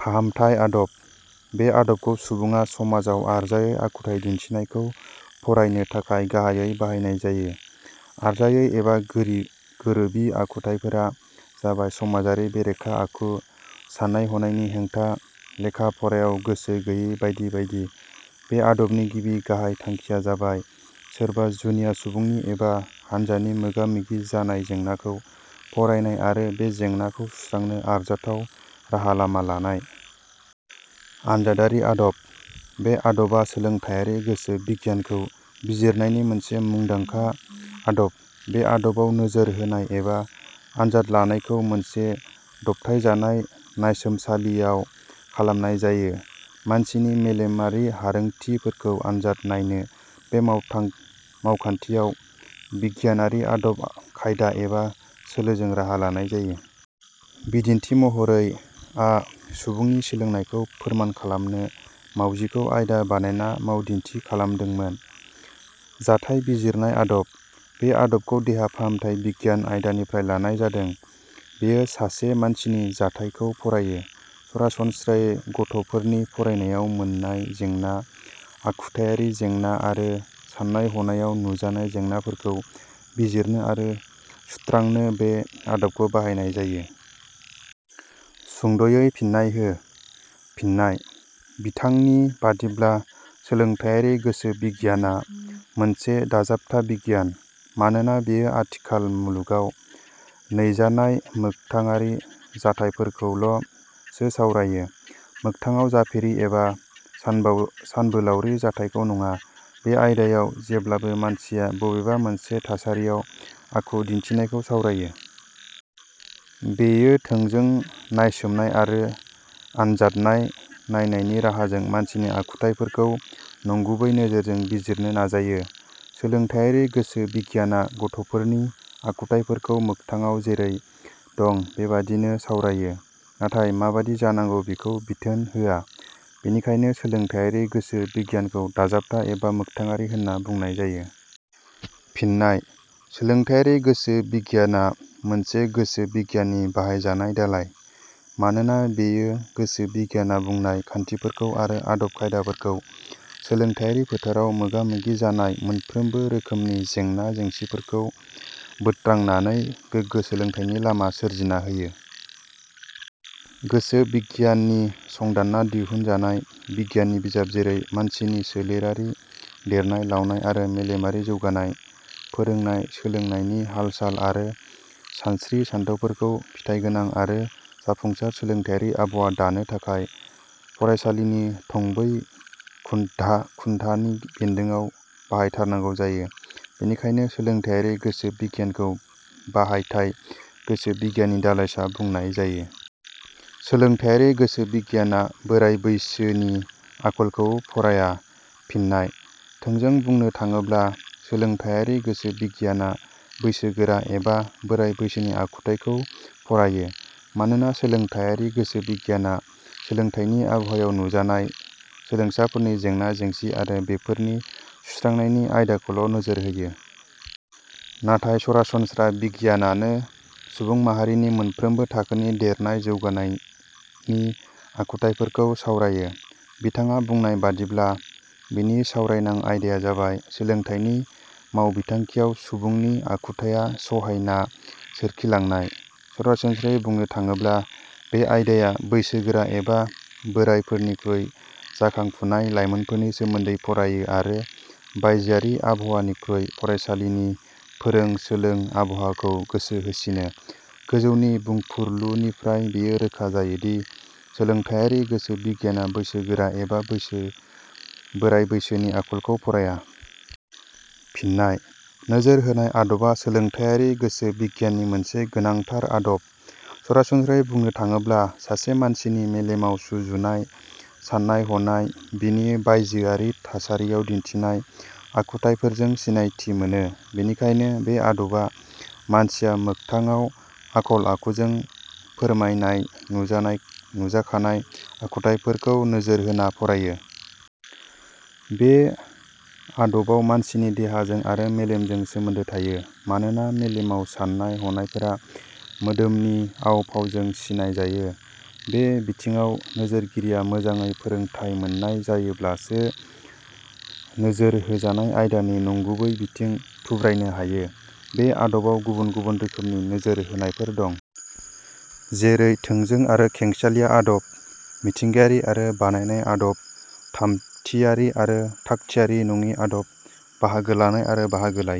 फाहामथाय आदब: बे आदबखौ सुबुङा समाजाव आरजायै आखुथाइ दिन्थिनायखौ फरायनो थाखाय गाहाइयै बाहायनाय जायो। आरजायै एबा गोरोबि आखुथाइफोरा जाबाय-समाजारि बेरेखा आखु, सान्नाय-हनायनि हेंथा, लेखा-फरायाव गोसो गैयि बायदि बायदि। बे आदबनि गिबि गाहाइ थांखिया जाबाय सोरबा जुनिया सुबुंनि एबा हानजानि मोगा-मोगि जानाय जेंनाखौ फरायनाय आरो बे जेंनाखौ सुस्रांनो आरजाथाव राहा लामा लानाय।. आनजादारि आदब: बे आदबा सोलोंथाइयारि गोसो बिगियानखौ बिजिरनायनि मोनसे मुंदांखा आदब। बे आदबाव नोजोर होनाय एबा आनजाद लानायखौ मोनसे दबथायजानाय नायसोमासालि आव खालामनाय जायो। मानसिनि मेलेमारि हारोंथि फोरखौ आनजाद नायनो बे मावखान्थियाव बिगियानारि आदब खायदा एबा सोलोजों राहा लानाय जायो। बिदिन्थि महरै आ सुबुंनि सोलोंनायखौ फोरमान खालामनो मावजिखौ आयदा बनायना मावदिन्थि खालामदोंमोन।. जाथाइ बिजिरनाय आदब: बे आदबखौ देहा फाहामथाइ बिगियान आयदानिफ्राय लानाय जादों। बेयो सासे मानसिनि जाथाय खौ फरायो। सरासनस्रायै गथ 'फोरनि फरायनायाव मोन्नाय जेंना, आखुथाइयारि जेंना आरो सान्नाय हनायाव नुजानाय जेंनाफोरखौ बिजिरनो आरो सुत्रांनो बे आदबखौ बाहायनाय जायो।. सुंद'यै फिननाय हो: फिननाय:बिथां नि बादिब्ला सोलोंथाइयारि गोसो बिगियाना मोनसे दाजाबथा बिगियान। मानोना बियो आथिखाल मुलुगाव नैजानाय मोगथाङारि जाथायफोरखौल 'सो सावरायो। मोगथाङाव जाफेरि एबा सानबोलावरि जाथायखौ नङा। बे आयदाया जेब्लाबो मानसिया बबेबा मोनसे थासारियाव आखु दिन्थिनायखौ सावरायो। बेयो थोंजों नायसोमनाय आरो आनजादनाय नायनायनि राहाजों मानसिनि आखुथायफोरखौ नंगुबै नोजोरजों बिजिरनो नाजायो। सोलोंथाइयारि गोसो बिगियाना गथ'फोरनि आखुथाइफोरखौ मोगथाडाव जेरै- दं बेबादिनो सावरायो नाथाय माबादि जानांगौ बेखौ बिथोन होआ। बेनिखायनो सोलोंथाइयारि गोसो बिगियानखौ दाजाबथा एबा मोगथाङारि होनना बुंनाय जायो। फिननाय: सोलोंथाइयारि गोसो बिगियाना मोनसे गोसो बिगियाननि बाहायजानाय दालाइ। मानोना बेयो गोसो बिगियाना बुंनाय खान्थिफोरखौ आरो आदब खायदाफोरखौ सोलोंथाइयारि फोथाराव मोगा-मोगि जानाय मोनफ्रोमबो रोखोमनि जेंना जेंसिफोरखौ बोत्रांनानै गोगो सोलोंथाइनि लामा सोरजिना होयो। गोसो बिगियाननि संदानना दिहुनजानाय गियाननि बिजाब जेरै मानसिनि सोलेरारि देरनाय-लावनाय आरो मेलेमारि जौगानाय, फोरोंनाय- सोलोंनायनि हालसाल आरो सानस्रि-सानथौफोरखौ फिथाइगोनां आरो जाफुंसार सोलोंथाइयारि आबहावा दानो थाखाय फरायसालिनि थंबै खुन्धानि बेन्दोड़ाव बाहायथारनांगौ जायो। बेनिखायनो सोलोंथाइयारि गोसो बिगियानखौ बाहायथाय गोसो बिगियाननि दालाइसा बुंनाय जायो। सोलोंथाइयारि गोसो बिगियाना बोराइ बैसोनि आखलखौ फराया। फिननाय: थोंजों बुंनो थाङोब्ला सोलोंथायारि गोसो बिगियाना बैसो गोरा एबा बोराय बैसोनि आखुथाइखौ फरायो। मानोना सोलोंथाइयारि गोसो बिगियाना सोलोंथाइनि आबहावायाव नुजानाय सोलोंसाफोरनि जेंना जेंसि आरो बेफोरनि सुस्रांनायनि आयदाखौल'नोजोर होयो। नाथाय सरासनस्रा बिगियानानो सुबुं माहारिनि मोनफ्रोमबो थाखोनि देरनाय जौगानायनि आखुथाइफोरखौ सावरायो। बिथां आ बुंनाय बादिब्ला, बिनि सावरायनां आयदाया जाबाय सोलोंथाइनि मावबिखान्थियाव सुबुंनि आखुथाइया सहायना सोरखिलांनाय। सरासनस्रायै बुंनो थाङोब्ला बे आयदाया बैसो गोरा एबा बोरायफोरनिखुइ जाखां फुनाय लाइमोनफोरनि सोमोन्दै फरायो आरो बायजोआरि आबहावानिख्रुइ फरायसालिनि फोरों सोलों आबहावाखौ गोसो होसिनो गोजौनि बुंफुरलुनिफ्राय बेयो रोखा जायोदि सोलोंथायारि गोसो बिगियाना बैसो गोरा एबा बोराय बैसोनि आखलखौ फराया। फिननाय: नोजोर होनाय आदबा सोलोंथायारि गोसो बिगियाननि मोनसे गोनांथार आदब। सरासनस्रायै बुंनो थाङोब्ला सासे मानसिनि मेलेमाव सुजुनाय साननाय हनाय बिनि बायजोआरि थासारिआव दिन्थिनाय आखुथाइफोरजों सिनायथि मोनो। बेनिखायनो बे आदबा मानसिया मोगथाङाव आखल-आखुजों फोरमायनाय नुजाखानाय आखुथाइफोरखौ नोजोर होना फरायो। बे आदबाव मानसिनि देहाजों आरो मेलेमजों सोमोन्दो थायो। मानोना मेलेमाव साननाय हनायफोरा मोदोमनि आव-फावजों सिनाय जायो। बे बिथिङाव नोजोरगिरिया मोजाङै फोरोंथाइ मोननाय जायोब्लासो नोजोर होजानाय आयदानि नंगुबै बिथिं थुब्रायनो हायो। बे आदबाव गुबुन गुबुन रोखोमनि नोजोर होनायफोर दं। जेरै- थोंजों आरो खेंसालिया आदब। मिथिंगायारि आरो बानायनाय आदब। थामथियारि आरो थागथियारि नङि आदब। बाहागो लानाय आरो बाहागो लायि।